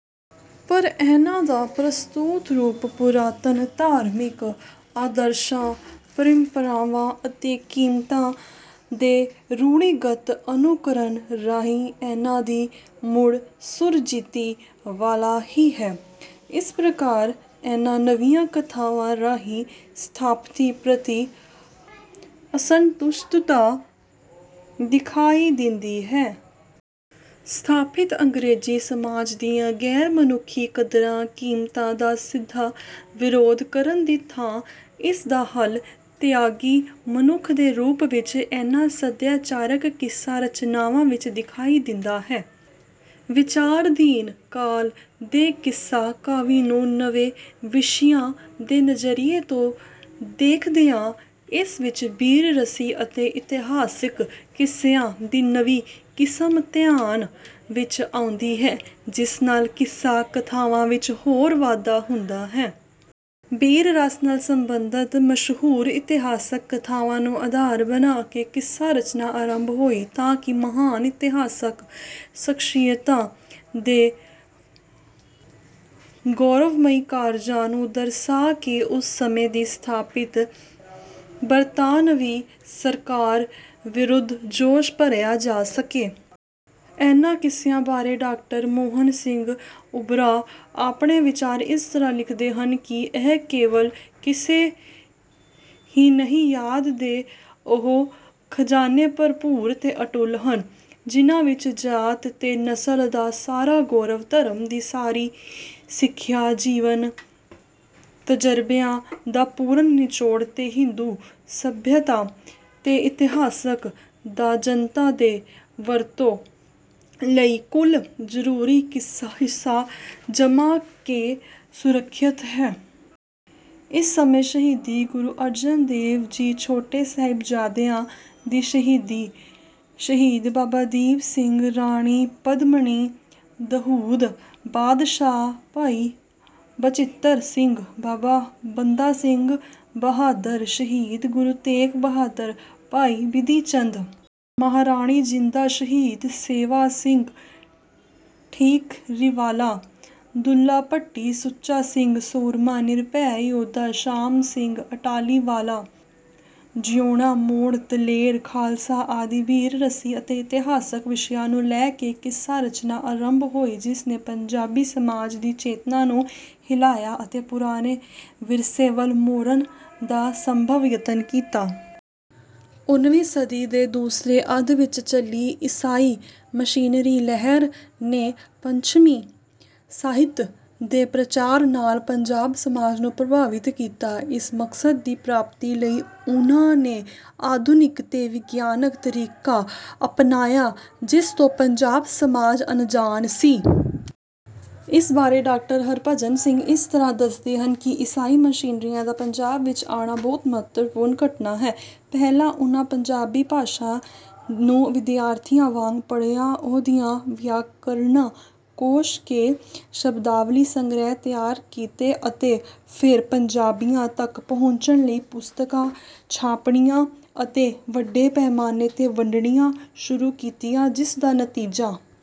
ਪਰ ਇਨ੍ਹਾਂ ਦਾ ਪ੍ਰਸਤੁਤ ਰੂਪ ਪੁਰਾਤਨ ਧਾਰਮਿਕ ਆਦਰਸ਼ਾਂ ਪਰੰਪਰਾਵਾਂ ਅਤੇ ਕੀਮਤਾਂ ਦੇ ਰੂੜ੍ਹੀਗਤ ਅਨੁਕਰਣ ਰਾਹੀਂ ਇਨ੍ਹਾਂ ਦੀ ਮੁੜ ਸੁਰਜੀਤੀ ਵਾਲਾ ਹੀ ਹੈ। ਇਸ ਪ੍ਰਕਾਰ ਇਨ੍ਹਾਂ ਨਵੀਆਂ ਕਥਾਵਾਂ ਰਾਹੀਂ ਸਥਾਪਤੀ ਪ੍ਰਤੀ ਅਸੰਤੁਸ਼ਟਤਾ ਦਿਖਾਈ ਦਿੰਦੀ ਹੈ। ਸਥਾਪਿਤ ਅੰਗਰੇਜ਼ੀ ਸਮਾਜ ਦੀਆਂ ਗੈਰ ਮਨੁੱਖੀ ਕਦਰਾਂ ਕੀਮਤਾਂ ਦਾ ਸਿੱਧਾ ਵਿਰੋਧ ਕਰਨ ਦੀ ਥਾਂ ਇਸ ਦਾ ਹੱਲ ਤਿਆਗੀ ਮਨੁੱਖ ਦੇ ਰੂਪ ਵਿੱਚ ਇਨ੍ਹਾਂ ਸਦਾਚਾਰਕ ਕਿੱਸਾ ਰਚਨਾਵਾਂ ਵਿੱਚ ਦਿਖਾਈ ਦਿੰਦਾ ਹੈ। ਵਿਚਾਰਧੀਨ ਕਾਲ ਦੇ ਕਿੱਸਾ ਕਾਵਿ ਨੂੰ ਨਵੇਂ ਵਿਸ਼ਿਆਂ ਦੇ ਨਜ਼ਰੀਏ ਤੋਂ ਦੇਖਦਿਆਂ ਇਸ ਵਿੱਚ ਬੀਰ ਰਸੀ ਅਤੇ ਇਤਿਹਾਸਕ ਕਿੱਸਿਆਂ ਦੀ ਨਵੀਂ ਕਿਸਮ ਧਿਆਨ ਵਿੱਚ ਆਉਂਦੀ ਹੈ ਜਿਸ ਨਾਲ ਕਿੱਸਾ ਕਥਾਵਾਂ ਵਿੱਚ ਹੋਰ ਵਾਧਾ ਹੁੰਦਾ ਹੈ। ਬੀਰ ਰਸ ਨਾਲ ਸੰਬੰਧਤ ਮਸ਼ਹੂਰ ਇਤਿਹਾਸਕ ਕਥਾਵਾਂ ਨੂੰ ਅਧਾਰ ਬਣਾ ਕੇ ਕਿੱਸਾ ਰਚਨਾ ਆਰੰਭ ਹੋਈ ਤਾਂ ਕਿ ਮਹਾਨ ਇਤਿਹਾਸਕ ਸ਼ਖਸੀਅਤਾਂ ਦੇ ਗੌਰਵਮਈ ਕਾਰਜਾਂ ਨੂੰ ਦਰਸਾ ਕੇ ਉਸ ਸਮੇਂ ਦੀ ਸਥਾਪਿਤ ਬਰਤਾਨਵੀਂ ਸਰਕਾਰ ਵਿਰੁੱਧ ਜੋਸ਼ ਭਰਿਆ ਜਾ ਸਕੇ। ਇਨ੍ਹਾਂ ਕਿੱਸਿਆਂ ਬਾਰੇ ਡਾ ਮੋਹਨ ਸਿੰਘ ਉਬਰਾ ਆਪਣੇ ਵਿਚਾਰ ਇਸ ਤਰ੍ਹਾਂ ਲਿਖਦੇ ਹਨ ਕਿ ਇਹ ਕੇਵਲ ਕਿੱਸੇ ਹੀ ਨਹੀਂ ਯਾਦ ਦੇ ਉਹ ਖਜਾਨੇ ਭਰਪੂਰ ਤੇ ਅਤੁੱਟ ਹਨ। ਜਿਹਨਾਂ ਵਿੱਚ ਜਾਤ ਤੇ ਨਸਲ ਦਾ ਸਾਰਾ ਗੌਰਵ ਧਰਮ ਦੀ ਸਾਰੀ ਸਿੱਖਿਆ ਜੀਵਨ ਤਜ਼ਰਬਿਆਂ ਦਾ ਪੂਰਨ ਨਿਚੋੜ ਤੇ ਹਿੰਦੂ ਸਭਿਅਤਾ ਤੇ ਇਤਿਹਾਸ ਦਾ ਜਨਤਾ ਦੇ ਵਰਤੋਂ ਲਈ ਕੁਲ ਜ਼ਰੂਰੀ ਹਿੱਸਾ ਜਮ੍ਹਾਂ ਤੇ ਸੁਰੱਖਿਅਤ ਹੈ। ਇਸ ਸਮੇਂ ਸਹੀਦੀ ਗੁਰੂ ਅਰਜਨ ਦੇਵ ਜੀ ਛੋਟੇ ਸਾਹਿਬਜ਼ਾਦਿਆਂ ਦੀ ਸ਼ਹੀਦੀ ਸ਼ਹੀਦ ਬਾਬਾ ਦੀਪ ਸਿੰਘ ਰਾਣੀ ਪਦਮਣੀ ਦਹੂਦ ਬਾਦਸ਼ਾਹ ਭਾਈ ਬਚਿੱਤਰ ਸਿੰਘ ਬਾਬਾ ਬੰਦਾ ਸਿੰਘ ਬਹਾਦਰ ਸ਼ਹੀਦ ਗੁਰੂ ਤੇਗ ਬਹਾਦਰ ਭਾਈ ਬਿਧੀ ਚੰਦ ਮਹਾਰਾਣੀ ਜਿੰਦਾਂ ਸ਼ਹੀਦ ਸੇਵਾ ਸਿੰਘ ਠੀਕਰੀਵਾਲਾਂ ਦੁੱਲਾ ਭੱਟੀ ਸੁੱਚਾ ਸਿੰਘ ਸੂਰਮਾ ਨਿਰਭੈ ਯੋਧਾ ਸ਼ਾਮ ਸਿੰਘ ਅਟਾਰੀਵਾਲਾ ਜਿਉਣਾ ਮੋੜ ਦਲੇਰ ਖਾਲਸਾ ਆਦਿ ਬੀਰ ਰਸੀ ਅਤੇ ਇਤਿਹਾਸਕ ਵਿਸ਼ਿਆਂ ਨੂੰ ਲੈ ਕੇ ਕਿੱਸਾ ਰਚਨਾ ਆਰੰਭ ਹੋਈ ਜਿਸ ਨੇ ਪੰਜਾਬੀ ਸਮਾਜ ਦੀ ਚੇਤਨਾ ਨੂੰ ਹਿਲਾਇਆ ਅਤੇ ਪੁਰਾਣੇ ਵਿਰਸੇ ਵੱਲ ਮੋੜਨ ਦਾ ਸੰਭਵ ਯਤਨ ਕੀਤਾ। ਉਨ੍ਹੀਵੀਂ ਸਦੀ ਦੇ ਦੂਸਰੇ ਅੱਧ ਵਿੱਚ ਚੱਲੀ ਈਸਾਈ ਮਿਸ਼ਨਰੀ ਲਹਿਰ ਨੇ ਪੱਛਮੀ ਸਾਹਿਤ ਦੇ ਪ੍ਰਚਾਰ ਨਾਲ ਪੰਜਾਬ ਸਮਾਜ ਨੂੰ ਪ੍ਰਭਾਵਿਤ ਕੀਤਾ। ਇਸ ਮਕਸਦ ਦੀ ਪ੍ਰਾਪਤੀ ਲਈ ਉਨ੍ਹਾਂ ਨੇ ਆਧੁਨਿਕ ਤੇ ਵਿਗਿਆਨਕ ਤਰੀਕਾ ਅਪਨਾਇਆ ਜਿਸ ਤੋਂ ਪੰਜਾਬੀ ਸਮਾਜ ਅਣਜਾਣ ਸੀ। ਇਸ ਬਾਰੇ ਡਾ ਹਰਿਭਜਨ ਸਿੰਘ ਇਸ ਤਰ੍ਹਾਂ ਦੱਸਦੇ ਹਨ ਕਿ ਈਸਾਈ ਮਿਸ਼ਨਰੀਆਂ ਦਾ ਪੰਜਾਬ ਵਿੱਚ ਆਉਣਾ ਬਹੁਤ ਮਹੱਤਵਪੂਰਨ ਘਟਨਾ ਹੈ। ਪਹਿਲਾਂ ਉਨ੍ਹਾਂ ਪੰਜਾਬੀ ਭਾਸ਼ਾ ਨੂੰ ਵਿਦਿਆਰਥੀਆਂ ਵਾਂਗ ਪੜ੍ਹਿਆ ਉਹ ਦੀਆਂ ਵਿਆਕਰਨਾਂ ਕੋਸ਼ ਅਤੇ ਸ਼ਬਦਾਵਲੀ ਸੰਗ੍ਰਹਿ ਤਿਆਰ ਕੀਤੇ ਅਤੇ ਫੇਰ ਪੰਜਾਬੀਆਂ ਤੱਕ ਪਹੁੰਚਣ ਲਈ ਪੁਸਤਕਾਂ ਛਾਪਣੀਆਂ ਅਤੇ ਵੱਡੇ ਪੈਮਾਨੇ ਤੇ ਵੰਡਣੀਆਂ ਸ਼ੁਰੂ ਕੀਤੀਆਂ। ਜਿਸ ਦਾ ਨਤੀਜਾ